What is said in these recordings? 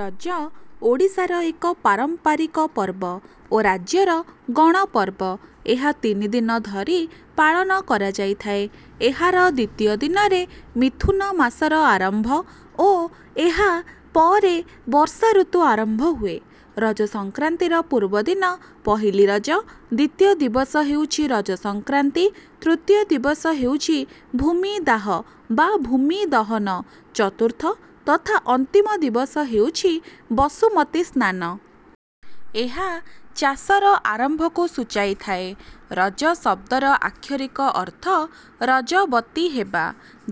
ରଜ ଓଡ଼ିଶାର ଏକ ପାରମ୍ପାରିକ ପର୍ବ ଓ ରାଜ୍ୟର ଗଣପର୍ବ। ଏହା ତିନିଦିନ ଧରି ପାଳନ କରାଯାଇଥାଏ। ଏହାର ଦ୍ୱିତୀୟ ଦିନରେ ମିଥୁନ ମାସର ଆରମ୍ଭ ଓ ଏହା ପରେ ବର୍ଷା ଋତୁ ଆରମ୍ଭ ହୁଏ। ରଜ ସଂକ୍ରାନ୍ତିର ପୂର୍ବଦିନ ପହିଲି ରଜ, ଦ୍ୱିତୀୟ ଦିବସ ହେଉଛି ରଜ ସଂକ୍ରାନ୍ତି, ତୃତୀୟ ଦିବସ ହେଉଛି ଭୂମିଦାହ ବା ଭୂମି ଦହନ, ଚତୁର୍ଥ ତଥା ଅନ୍ତିମ ଦିବସ ହେଉଛି ବସୁମତୀ ସ୍ନାନ। ଏହା ଚାଷର ଆରମ୍ଭକୁ ସୂଚାଇଥାଏ। ରଜ ଶବ୍ଦର ଆକ୍ଷରିକ ଅର୍ଥ ରଜବତୀ ହେବା,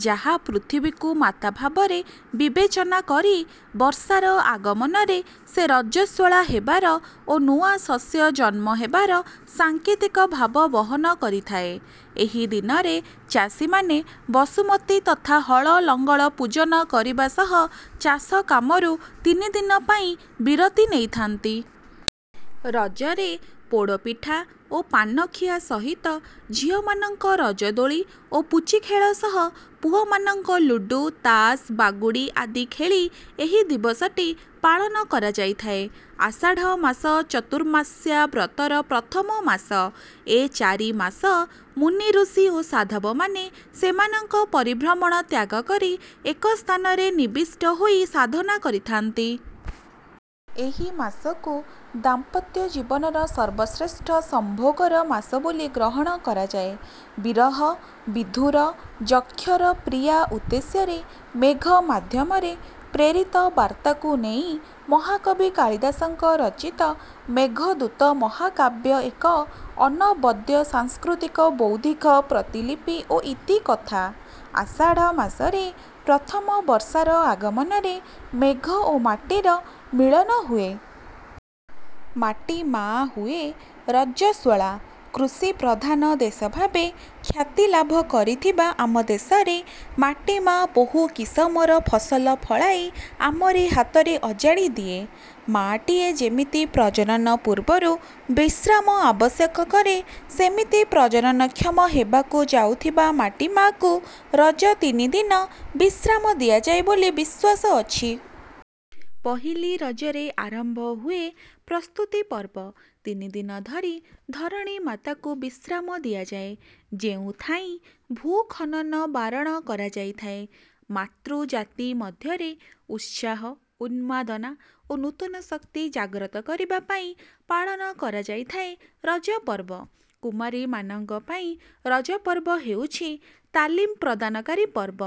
ଯାହା ପୃଥିବୀକୁ ମାତା ଭାବରେ ବିବେଚନା କରି ବର୍ଷାର ଆଗମନରେ ସେ ରଜସ୍ୱଳା ହେବାର ଓ ନୂଆ ଶସ୍ୟ ଜନ୍ମ ହେବାର ସାଙ୍କେତିକ ଭାବ ବହନ କରିଥାଏ। ଏହି ଦିନରେ ଚାଷୀମାନେ ବସୁମତୀ ତଥା ହଳଲଙ୍ଗଳ ପୂଜନ କରିବା ସହ ଚାଷ କାମରୁ ତିନି ଦିନ ପାଇଁ ବିରତି ନେଇଥାନ୍ତି। ରଜରେ ପୋଡ଼ ପିଠା ଓ ପାନ ଖିଆ ସହିତ ଝିଅମାନଙ୍କ ରଜ ଦୋଳି ଓ ପୁଚି ଖେଳ ସହ ପୁଅମାନଙ୍କ ଲୁଡୁ, ତାସ, ବାଗୁଡ଼ି ଆଦି ଖେଳି ଏହି ଦିବସଟି ପାଳନ କରାଯାଇଥାଏ। ଆଷାଢ ମାସ ଚତୁର୍ମାସ୍ୟା ବ୍ରତର ପ୍ରଥମ ମାସ। ଏ ଚାରି ମାସ ମୁନି ଋଷି ଓ ସାଧବ ମାନେ ସେମାନଙ୍କ ପରିଭ୍ରମଣ ତ୍ୟାଗ କରି ଏକସ୍ଥାନରେ ନିବିଷ୍ଟ ହୋଇ ସାଧନା କରିଥା'ନ୍ତି। ଏହି ମାସକୁ ଦାମ୍ପତ୍ୟ ଜୀବନର ସର୍ବଶ୍ରେଷ୍ଠ ସମ୍ଭୋଗର ମାସ ବୋଲି ଗ୍ରହଣ କରାଯାଏ। ବିରହ, ବିଧୂର ଯକ୍ଷର ପ୍ରିୟା ଉଦ୍ଦେଶ୍ୟରେ ମେଘ ମାଧ୍ୟମରେ ପ୍ରେରିତ ବାର୍ତ୍ତାକୁ ନେଇ ମହାକବି କାଳିଦାସଙ୍କ ରଚିତ "ମେଘଦୂତ' ମହାକାବ୍ୟ ଏକ ଅନବଦ୍ୟ ସାଂସ୍କୃତିକ ବୌଦ୍ଧିକ ପ୍ରତିଲିିପି ଓ ଇତିକଥା। ଆଷାଢ଼ ମାସରେ ପ୍ରଥମ ବର୍ଷାର ଆଗମନରେ ମେଘ ଓ ମାଟିର ମିଳନ ହୁଏ। ମାଟି ମା' ହୁଏ ରଜସ୍ୱଳା। କୃଷି ପ୍ରଧାନ ଦେଶ ଭାବେ ଖ୍ୟାତି ଲାଭ କରିଥିବା ଆମଦେଶରେ ମାଟି ମା' ବହୁ କିସମର ଫସଲ ଫଳାଇ ଆମରି ହାତରେ ଅଜାଡ଼ି ଦିଏ। ମା'ଟିଏ ଯେମିତି ପ୍ରଜନନ ପୂର୍ବରୁ ବିଶ୍ରାମ ଆବଶ୍ୟକ କରେ, ସେମିତି ପ୍ରଜନନକ୍ଷମ ହେବାକୁ ଯାଉଥିବା ମାଟି ମା'କୁ ରଜ ତିନିଦିନ ବିଶ୍ରାମ ଦିଆଯାଏ ବୋଲି ବିଶ୍ୱାସ ଅଛି। ପହିଲି ରଜରେ ଆରମ୍ଭ ହୁଏ ପ୍ରସ୍ତୁତି ପର୍ବ। ତିନିଦିନ ଧରି ଧରଣୀ ମାତାକୁ ବିଶ୍ରାମ ଦିଆଯାଏ, ଯେଉଁଥିାଇଁ ଭୂ ଖନନ ବାରଣ କରାଯାଇଥାଏ। ମାତୃଜାତି ମଧ୍ୟରେ ଉତ୍ସାହ, ଉନ୍ମାଦନା ଓ ନୂତନ ଶକ୍ତି ଜାଗ୍ରତ କରିବା ପାଇଁ ପାଳନ କରାଯାଇଥାଏ ରଜପର୍ବ। କୁମାରୀମାନଙ୍କ ପାଇଁ ରଜପର୍ବ ହେଉଛି ତାଲିମ ପ୍ରଦାନକାରୀ ପର୍ବ।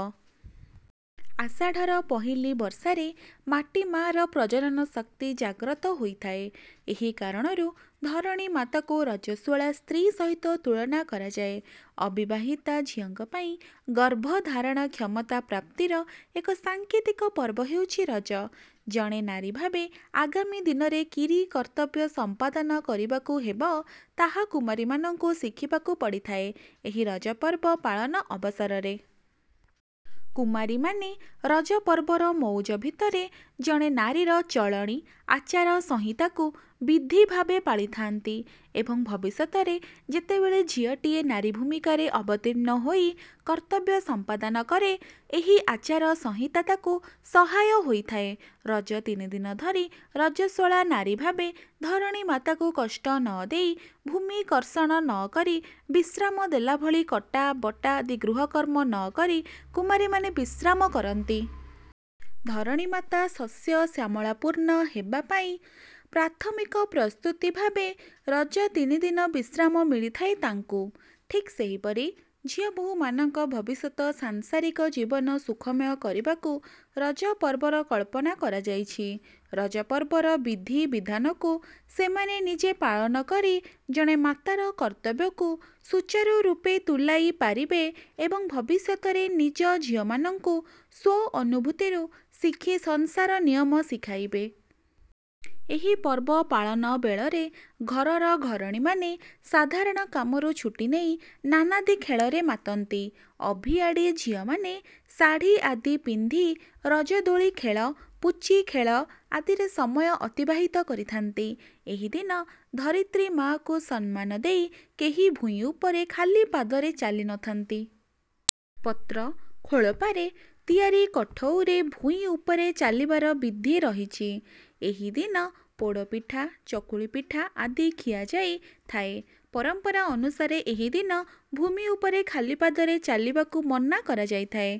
ଆଷାଢ଼ର ପହିଲି ବର୍ଷାରେ ମାଟି ମା'ର ପ୍ରଜନନ ଶକ୍ତି ଜାଗ୍ରତ ହୋଇଥାଏ, ଏହି କାରଣରୁ ଧରଣୀମାତାକୁ ରଜସ୍ୱଳା ସ୍ତ୍ରୀ ସହିତ ତୁଳନା କରାଯାଏ। ଅବିବାହିତା ଝିଅଙ୍କ ପାଇଁ ଗର୍ଭଧାରଣ କ୍ଷମତା ପ୍ରାପ୍ତିର ଏକ ସାଙ୍କେତିକ ପର୍ବ ହେଉଛି ରଜ। ଜଣେ ନାରୀଭାବେ ଆଗାମୀ ଦିନରେ କିରି କର୍ତ୍ତବ୍ୟ ସମ୍ପାଦନ କରିବାକୁ ହେବ, ତାହା କୁମାରୀମାନଙ୍କୁ ଶିଖିବାକୁ ପଡ଼ିଥାଏ, ଏହି ରଜ ପର୍ବ ପାଳନ ଅବସରରେ। କୁମାରୀମାନେ ରଜପର୍ବର ମଉଜ ଭିତରେ ଜଣେ ନାରୀର ଚଳଣି, ଆଚାରସଂହିତାକୁ ବିଧିଭାବେ ପାଳିଥାଆନ୍ତି ଏବଂ ଭବିଷ୍ୟତରେ ଯେତେବେଳେ ଝିଅଟିଏ ନାରୀଭୂମିକାରେ ଅବତୀର୍ଣ୍ଣ ହୋଇ କର୍ତ୍ତବ୍ୟ ସମ୍ପାଦନ କରେ, ଏହି ଆଚାରସଂହିତା ତାକୁ ସହାୟ ହୋଇଥାଏ। ରଜ ତିନିଦିନ ଧରି ରଜସ୍ୱଳା ନାରୀଭାବେ ଧରଣୀମାତାକୁ କଷ୍ଟ ନ ଦେଇ ଭୂମି କର୍ଷଣ ନ କରି ବିଶ୍ରାମ ଦେଲାଭଳି କଟା, ବଟା ଆଦି ଗୃହକର୍ମ ନ କରି କୁମାରୀମାନେ ବିଶ୍ରାମ କରନ୍ତି। ଧରଣୀ ମାତା ଶସ୍ୟଶ୍ୟାମଳାପୂର୍ଣ୍ଣ ହେବା ପାଇ ପ୍ରାଥମିକ ପ୍ରସ୍ତୁତି ଭାବେ ରଜ ତିନିଦିନ ବିଶ୍ରାମ ମିଳିଥାଏ ତାଙ୍କୁ। ଠିକ ସେହିପରି ଝିଅବୋହୂମାନଙ୍କ ଭବିଷ୍ୟତ ସାଂସାରିକ ଜୀବନ ସୁଖମୟ କରିବାକୁ ରଜପର୍ବର କଳ୍ପନା କରାଯାଇଛି। ରଜପର୍ବର ବିଧିବିଧାନକୁ ସେମାନେ ନିଜେ ପାଳନ କରି ଜଣେ ମାତାର କର୍ତ୍ତବ୍ୟକୁ ସୁଚାରୁରୂପେ ତୁଲାଇପାରିବେ ଏବଂ ଭବିଷ୍ୟତରେ ନିଜ ଝିଅମାନଙ୍କୁ ସ୍ୱଅନୁଭୂତିରୁ ଶିଖି ସଂସାର ନିୟମ ଶିଖାଇବେ। ଏହି ପର୍ବ ପାଳନ ବେଳରେ ଘରର ଘରଣୀମାନେ ସାଧାରଣ କାମରୁ ଛୁଟି ନେଇ ନାନାଦି ଖେଳରେ ମାତନ୍ତି। ଅଭିଆଡ଼ି ଝିଅମାନେ ଶାଢ଼ୀ ଆଦି ପିନ୍ଧି ରଜ ଦୋଳି ଖେଳ, ପୁଚି ଖେଳ ଆଦିରେ ସମୟ ଅତିବାହିତ କରିଥାନ୍ତି। ଏହି ଦିନ ଧରିତ୍ରୀ ମାଆକୁ ସମ୍ମାନ ଦେଇ କେହି ଭୂଇଁ ଉପରେ ଖାଲି ପାଦରେ ଚାଲିନଥାନ୍ତି। ପତ୍ର/ଖୋଳପାରେ ତିଆରି କଠଉରେ ଭୂଇଁ ଉପରେ ଚାଲିବାର ବିଧି ରହିଛି। ଏହି ଦିନ ପୋଡ଼ ପିଠା, ଚକୁଳି ପିଠା ଆଦି ଖିଆଯାଇ ଥାଏ। ପରମ୍ପରା ଅନୁସାରେ ଏହି ଦିନ ଭୂମି ଉପରେ ଖାଲିପାଦରେ ଚାଲିବାକୁ ମନା କରାଯାଇଥାଏ।